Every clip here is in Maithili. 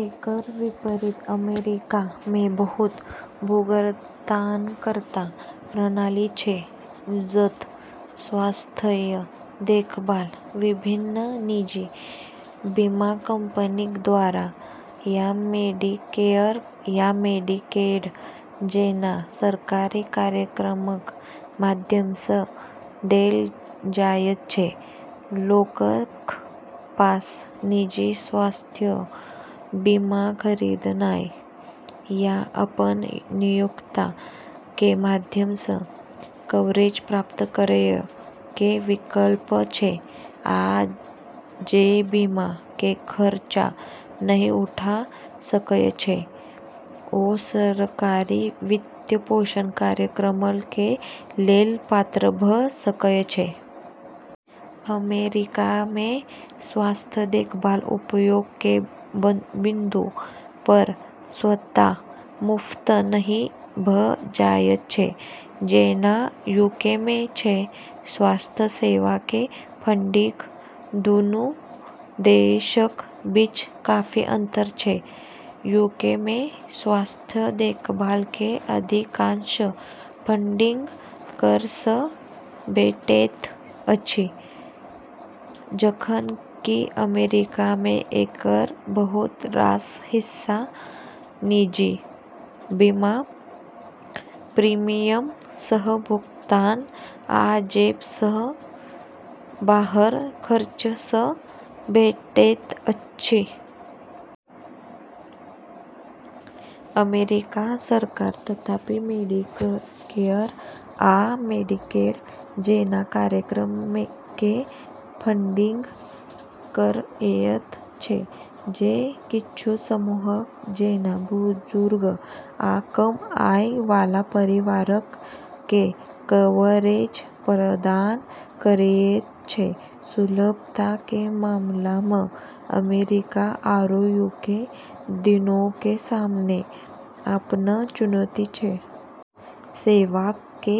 एकर विपरीत अमेरिका मे बहु-भुगतानकर्ता प्रणाली छै जत स्वास्थ्य देखभाल विभिन्न निजी बीमा कंपनीक द्वारा या मेडिकेयर आ मेडिकेड जैना सरकारी कार्यक्रमक माध्यम सऽ देल जायत छै ।लोकक पास निजी स्वास्थ्य बीमा खरीदनाय या अपन नियोक्ता के माध्यम सऽ कवरेज प्राप्त करय के विकल्प छै, आ जे बीमा के खर्चा नहि उठा सकय छै, ओ सरकारी वित्त पोषित कार्यक्रमक कें लेल पात्र भ सकय छै। अमेरिका मे स्वास्थ्य देखभाल उपयोग के बिंदु पर स्वतः मुफ्त नहि भ जायत छै जेना यूके मे छै ।स्वास्थ्य सेवा के फंडिंग दूनू देशक बीच काफी अंतर छै ।यूके में स्वास्थ्य देखभाल के अधिकांश फंडिंग कर सं भेटैत अछि, जखन कि अमेरिका मे एकर बहुत रास हिस्सा निजी बीमा प्रीमियम, सह-भुगतान, आ जेब सं बाहर खर्च सं भेटैत अछि । अमेरिकी सरकार, तथापि, मेडिकेयर आ मेडिकेड जैना कार्यक्रमक के फंडिंग करएयत छै, जे किच्छू समूहक जेना बुजुर्ग आ कम आय वाला परिवारक कें कवरेज प्रदान करएयत छै ।सुलभता के मामला मऽ अमेरिका आरू यूके दोनों के सामने अपनऽ चुनौती छै। सेवाक के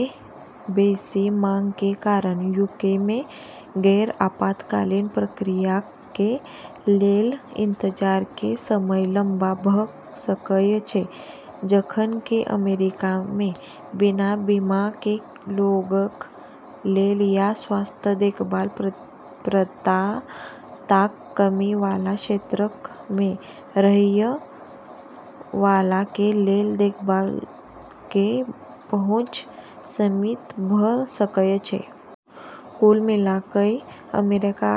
बेसि मांग के कारण यूके मे गैर-आपातकालीन प्रक्रियाक कें लेल इंतजार के समय लंबा भऽ सकय छै, जखन कि अमेरिका मे बिना बीमा कें लोगक लेल या स्वास्थ्य देखभाल प्रदाताक कमी वाला क्षेत्रक मे रहय वाला के लेल देखभाल के पहुंच सीमित भ सकय छै । कुल मिलाकय, अमेरिका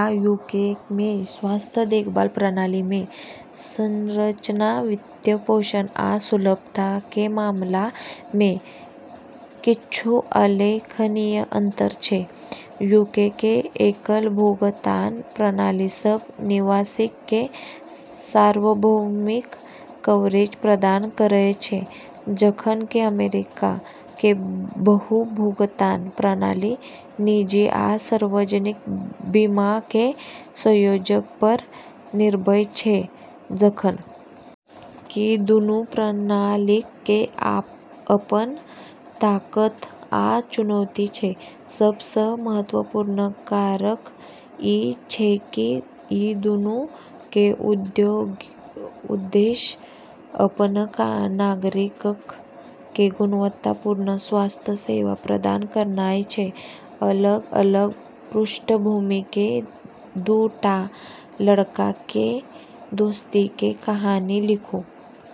आ यूके मे स्वास्थ्य देखभाल प्रणाली मे संरचना, वित्तपोषण आ सुलभता के मामला मे किच्छू उल्लेखनीय अंतर छै । यूके के एकल-भुगतान प्रणाली सब निवासीक के सार्वभौमिक कवरेज प्रदान करयत छै, जखन कि अमेरिका के बहु-भुगतान प्रणाली निजी आ सार्वजनिक बीमा के संयोजन पर निर्भर छै ।जखन कि दूनू प्रणालीक के अपन ताकत आ चुनौती छै, सब सऽ महत्वपूर्ण कारक इ छै की इ दूनू के उद्देश्य अपन नागरिकक के गुणवत्तापूर्ण स्वास्थ्य सेवा प्रदान करनाय छै ।अलग-अलग पृष्ठभूमि के दू टा लड़का के दोस्ती के कहानी लिखू।